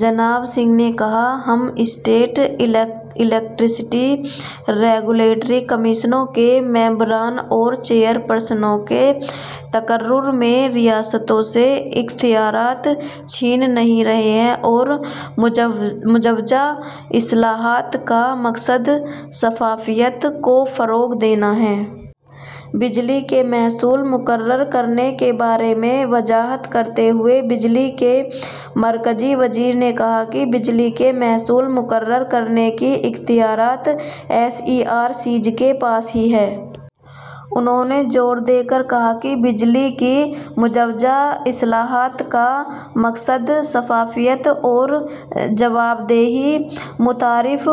جناب سنگھ نے کہا ہم اسٹیٹ الیکٹریسٹی ریگولیٹری کمیشنز کے ممبروں اور چیئرپرسنوں کے تقرر میں ریاستوں سے اختیارات چھین نہیں رہے ہیں اور مجوزہ اصلاحات کا مقصد شفافیت کو فروغ دینا ہے بجلی کے محصول مقرر کرنے کے بارے میں وضاحت کرتے ہوئے بجلی کے مرکزی وزیر نے کہا کہ بجلی کے محصول مقرر کرنے کے اختیارات ایس ای آر سیز کے پاس ہی ہیں انہوں نے زور دے کر کہا کہ بجلی کی مجوزہ اصلاحات کا مقصد شفافیت اور جوابدہی متعارف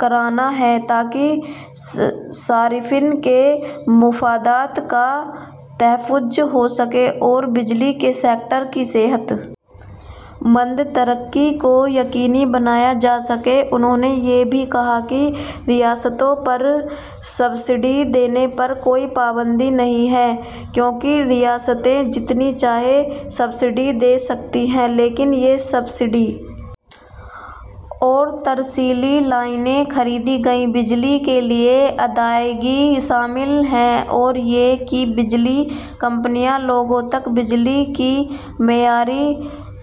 کرانا ہے تاکہ صارفین کے مفادات کا تحفظ ہو سکے اور بجلی کے سیکٹر کی صحت مند ترقی کو یقینی بنایا جا سکے انہوں نے یہ بھی کہا کہ ریاستوں پر سبسڈی دینے پر کوئی پابندی نہیں ہے کیونکہ ریاستیں جتنی چاہیں سبسڈی دے سکتی ہیں لیکن یہ سبسڈی اور ترسیلی لائنیں خریدی گئی بجلی کے لیے ادائیگی شامل ہے اور یہ کہ بجلی کمپنیاں لوگوں تک بجلی کی معیاری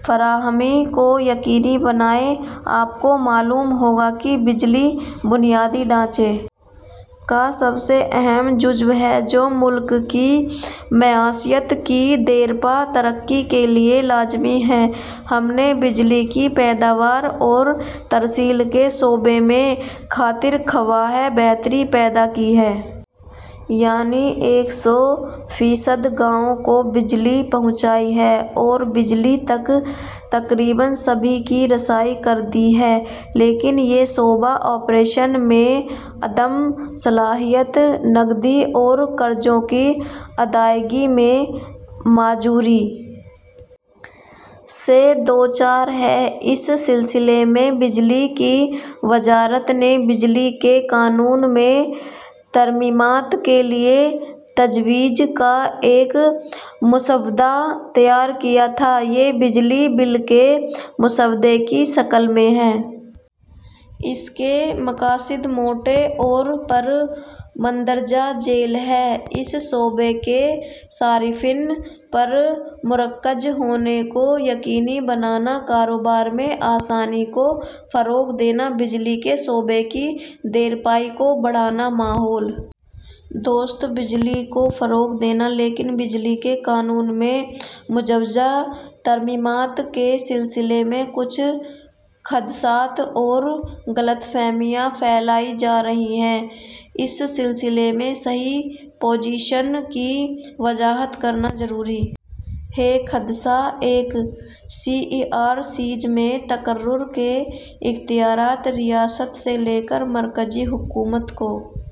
فراہمی کو یقینی بنائیں آپ کو معلوم ہوگا کہ بجلی بنیادی ڈھانچے کا سب سے اہم جزو ہے جو ملک کی معیشت کی دیرپا ترقی کے لیے لازمی ہے ہم نے بجلی کی پیداوار اور ترسیل کے شعبے میں خاطر خواہ بہتری پیدا کی ہے یعنی ایک سو فیصد گاؤں کو بجلی پہنچائی ہے اور بجلی تک تقریباً سبھی کی رسائی کر دی ہے لیکن یہ شعبہ آپریشن میں عدم صلاحیت نقدی اور قرضوں کی ادائیگی میں معذوری سے دوچار ہے اس سلسلے میں بجلی کی وزارت نے بجلی کے قانون میں ترمیمات کے لیے تجویز کا ایک مسودہ تیار کیا تھا یہ بجلی بل کے مسودے کی شکل میں ہے اس کے مقاصد موٹے طور پر مندرجہ ذیل ہیں اس شعبے کے صارفین پر مرتکز ہونے کو یقینی بنانا کاروبار میں آسانی کو فروغ دینا بجلی کے شعبے کی دیرپائی کو بڑھانا ماحول دوست بجلی کو فروغ دینا لیکن بجلی کے قانون میں مجوزہ ترمیمات کے سلسلے میں کچھ خدشات اور غلط فہمیاں پھیلائی جا رہی ہیں اس سلسلے میں صحیح پوزیشن کی وضاحت کرنا ضروری ہے خدشہ ایک سی ای آر سیز میں تقرر کے اختیارات ریاست سے لے کر مرکزی حکومت کو